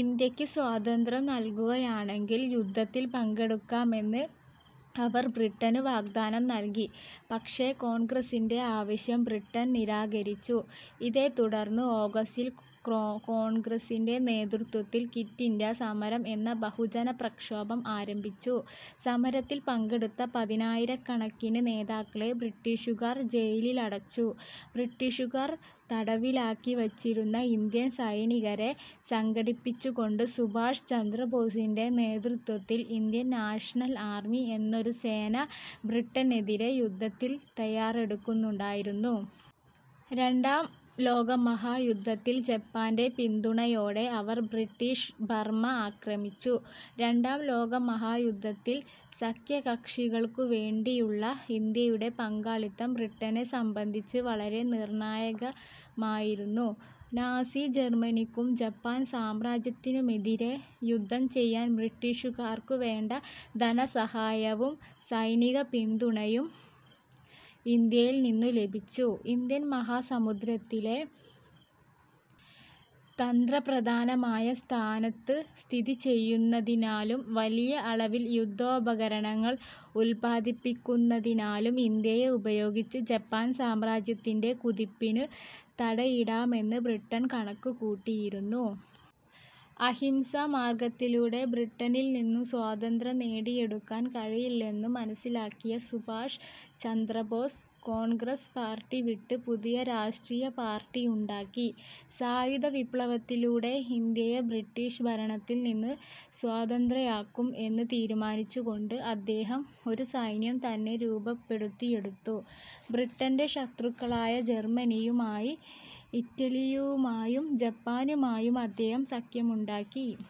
ഇന്ത്യയ്ക്കു സ്വാതന്ത്ര്യം നൽകുകയാണെങ്കിൽ യുദ്ധത്തിൽ പങ്കെടുക്കാമെന്ന് അവർ ബ്രിട്ടനു വാഗ്ദാനം നൽകി. പക്ഷേ കോൺഗ്രസിന്റെ ആവശ്യം ബ്രിട്ടൻ നിരാകരിച്ചു. ഇതേത്തുടർന്ന് ഓഗസ്റ്റിൽ കോൺഗ്രസിന്റെ നേതൃത്വത്തിൽ ക്വിറ്റ് ഇന്ത്യാ സമരം എന്ന ബഹുജനപ്രക്ഷോഭം ആരംഭിച്ചു. സമരത്തിൽ പങ്കെടുത്ത പതിനായിരക്കണക്കിനു നേതാക്കളെ ബ്രിട്ടീഷുകാർ ജയിലിലടച്ചു. ബ്രിട്ടീഷുകാർ തടവിലാക്കി വച്ചിരുന്ന ഇന്ത്യൻ സൈനികരെ സംഘടിപ്പിച്ചുകൊണ്ട് സുഭാഷ് ചന്ദ്ര ബോസിന്റെ നേതൃത്വത്തിൽ ഇന്ത്യൻ നാഷണൽ ആർമി എന്നൊരു സേന ബ്രിട്ടനെതിരെ യുദ്ധത്തിനു തയ്യാറെടുക്കുന്നുണ്ടായിരുന്നു. രണ്ടാം ലോകമഹായുദ്ധത്തിൽ ജപ്പാന്റെ പിന്തുണയോടെ അവർ ബ്രിട്ടീഷ് ബർമ്മ ആക്രമിച്ചു. രണ്ടാം ലോകമഹായുദ്ധത്തിൽ സഖ്യകക്ഷികൾക്കു വേണ്ടിയുള്ള ഇന്ത്യയുടെ പങ്കാളിത്തം ബ്രിട്ടനെ സംബന്ധിച്ച് വളരെ നിർണ്ണായകമായിരുന്നു. നാസി ജർമ്മനിക്കും ജപ്പാൻ സാമ്രാജ്യത്തിനുമെതിരെ യുദ്ധം ചെയ്യാൻ ബ്രിട്ടീഷുകാർക്കു വേണ്ട ധനസഹായവും സൈനിക പിന്തുണയും ഇന്ത്യയിൽ നിന്നു ലഭിച്ചു. ഇന്ത്യൻ മഹാസമുദ്രത്തിലെ തന്ത്രപ്രധാനമായ സ്ഥാനത്തു സ്ഥിതിചെയ്യുന്നതിനാലും വലിയ അളവിൽ യുദ്ധോപകരണങ്ങൾ ഉൽപ്പാദിപ്പിക്കുന്നതിനാലും ഇന്ത്യയെ ഉപയോഗിച്ച് ജപ്പാൻ സാമ്രാജ്യത്തിന്റെ കുതിപ്പിനു തടയിടാമെന്ന് ബ്രിട്ടൺ കണക്കുകൂട്ടിയിരുന്നു. അഹിംസാ മാർഗ്ഗത്തിലൂടെ ബ്രിട്ടനിൽ നിന്നു സ്വാതന്ത്യം നേടിയെടുക്കാൻ കഴിയില്ലെന്നു മനസ്സിലാക്കിയ സുഭാഷ് ചന്ദ്ര ബോസ് കോൺഗ്രസ് പാർട്ടി വിട്ട് പുതിയ രാഷ്ട്രീയ പാർട്ടിയുണ്ടാക്കി. സായുധ വിപ്ലവത്തിലൂടെ ഇന്ത്യയെ ബ്രിട്ടീഷ് ഭരണത്തിൽ നിന്നു സ്വാതന്ത്രയാക്കും എന്നു തീരുമാനിച്ചുകൊണ്ട് അദ്ദേഹം ഒരു സൈന്യം തന്നെ രൂപപ്പെടുത്തിയെടുത്തു. ബ്രിട്ടന്റെ ശത്രുക്കളായ ജർമ്മനിയുമായി ഇറ്റലിയുമായും ജപ്പാനുമായും അദ്ദേഹം സഖ്യമുണ്ടാക്കി.